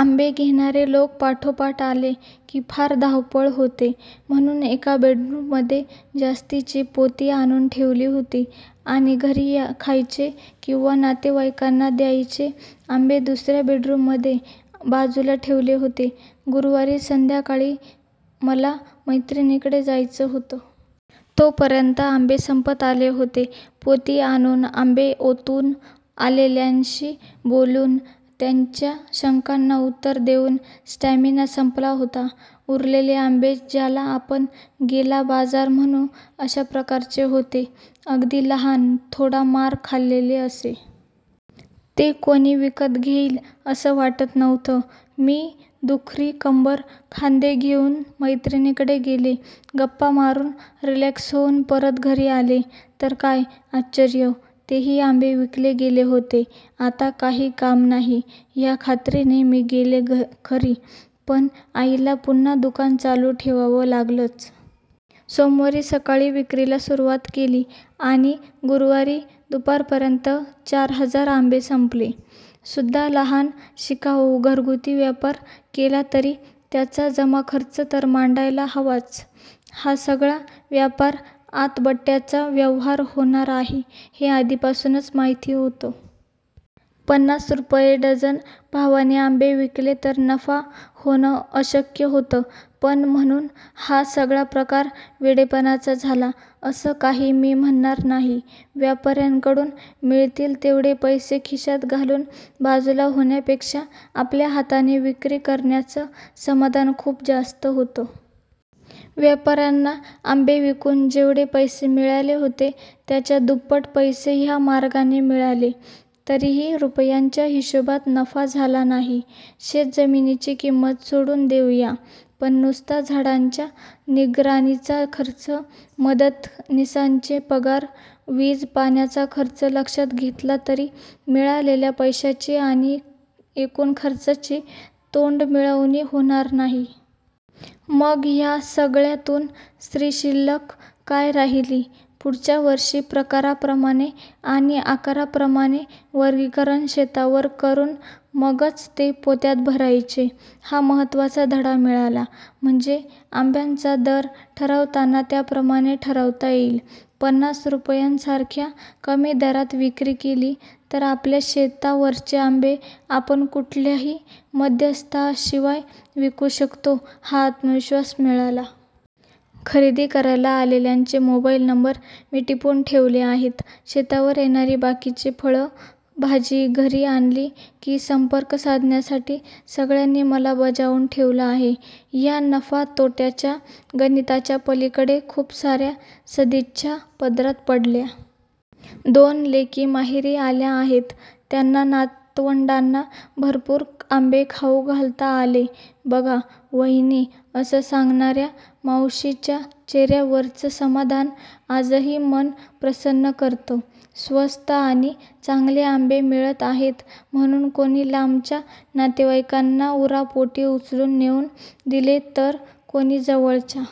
आंबे घेणारे लोकं पाठोपाठ आले, की फार धावपळ होते, म्हणून एका बेडरूममध्ये जास्तीची पोती आणून ठेवली होती आणि घरी खायचे किंवा नातेवाइकांना द्यायचे आंबे दुसऱ्या बेडरूममध्ये बाजूला ठेवले होते. गुरुवारी संध्याकाळी मला मैत्रिणीकडे जायचं होतं. तोपर्यंत आंबे संपत आले होते. पोती आणून, आंबे ओतून, आलेल्यांशी बोलून त्यांच्या शंकांना उत्तरं देऊन स्टॅमिना संपला होता. उरलेले आंबे ज्याला आपण 'गेला बाजार' म्हणू, अशा प्रकारचे होते. अगदी लहान, थोडा मार खाल्लेले असे. ते कोणी विकत घेईल, असं वाटत नव्हतं. मी दुखरी कंबर, खांदे घेऊन मैत्रिणीकडे गेले. गप्पा मारून, रिलॅक्स होऊन परत घरी आले, तर काय आश्यर्य! तेही आंबे विकले गेले होते.. आता काही काम नाही, ह्या खात्रीने मी गेले खरी, पण आईला पुन्हा दुकान चालू ठेवावं लागलंच. सोमवारी सकाळी विक्रीला सुरवात केली आणि गुरुवारी दुपारपर्यंत चार हजार आंबे संपले सुद्धालहान, शिकाऊ, घरगुती व्यापार केला तरी त्याचा जमाखर्च तर मांडायला हवाच. हा सगळा व्यापार आतबट्ट्याचा व्यवहार होणार आहे, हे आधीपासूनच माहिती होतं. पन्नास रुपये डझन भावाने आंबे विकले तर नफा होणं अशक्य होतं. पण म्हणून हा सगळा प्रकार वेडेपणाचा झाला, असं काही मी म्हणणार नाही. व्यापाऱ्यांकडून मिळतील तेवढे पैसे खिशात घालून बाजूला होण्यापेक्षा आपल्या हाताने विक्री करण्याचं समाधान खूप जास्त होतं. व्यापाऱ्यांना आंबे विकून जेवढे पैसे मिळाले होते, त्याच्या दुप्पट पैसे ह्या मार्गाने मिळाले. तरीही रुपयांच्या हिशेबात नफा झाला नाही. शेतजमिनीची किंमत सोडून देऊया. पण नुसता झाडांच्या निगराणीचा खर्च, मदतनिसांचे पगार, वीज-पाण्याचा खर्च लक्षात घेतला तरी मिळालेल्या पैशाची आणि एकूण खर्चाची तोंडमिळवणी होणार नाही. मग ह्या सगळ्यातून श्रीशिल्लक काय राहिली? पुढच्या वर्षी प्रकाराप्रमाणे आणि आकाराप्रमाणे वर्गीकरण शेतावर करून मगच ते पोत्यात भरायचे हा महत्त्वाचा धडा मिळाला. म्हणजे आंब्यांचा दर ठरवताना त्याप्रमाणे ठरवता येईल. पन्नास रुपयांसारख्या कमी दरात विक्री केली, तर आपल्या शेतावरचे आंबे आपण कुठल्याही मध्यस्थाशिवाय विकू शकतो, हा आत्मविश्वास मिळाला. खरेदी करायला आलेल्यांचे मोबाईल नंबर मी टिपून ठेवले आहेत. शेतावर येणारी बाकीची फळं, भाजी घरी आणली की संपर्क साधण्यासाठी सगळ्यांनी मला बजावून ठेवलं आहे. ह्या नफा-तोट्याच्या गणिताच्या पलीकडे खूप साऱ्या सदिच्छा पदरात पडल्या. 'दोन लेकी माहेरी आल्या आहेत. त्यांना, नातवंडांना भरपूर आंबे खाऊ घालता आले बघा वहिनी' असं सांगणाऱ्या मावशींच्या चेहऱ्यावरचं समाधान आजही मन प्रसन्न करतं. स्वस्त आणि चांगले आंबे मिळत आहेत म्हणून कोणी लांबच्या नातेवाइकांना उरापोटी उचलून नेऊन दिले तर कोणी जवळच्या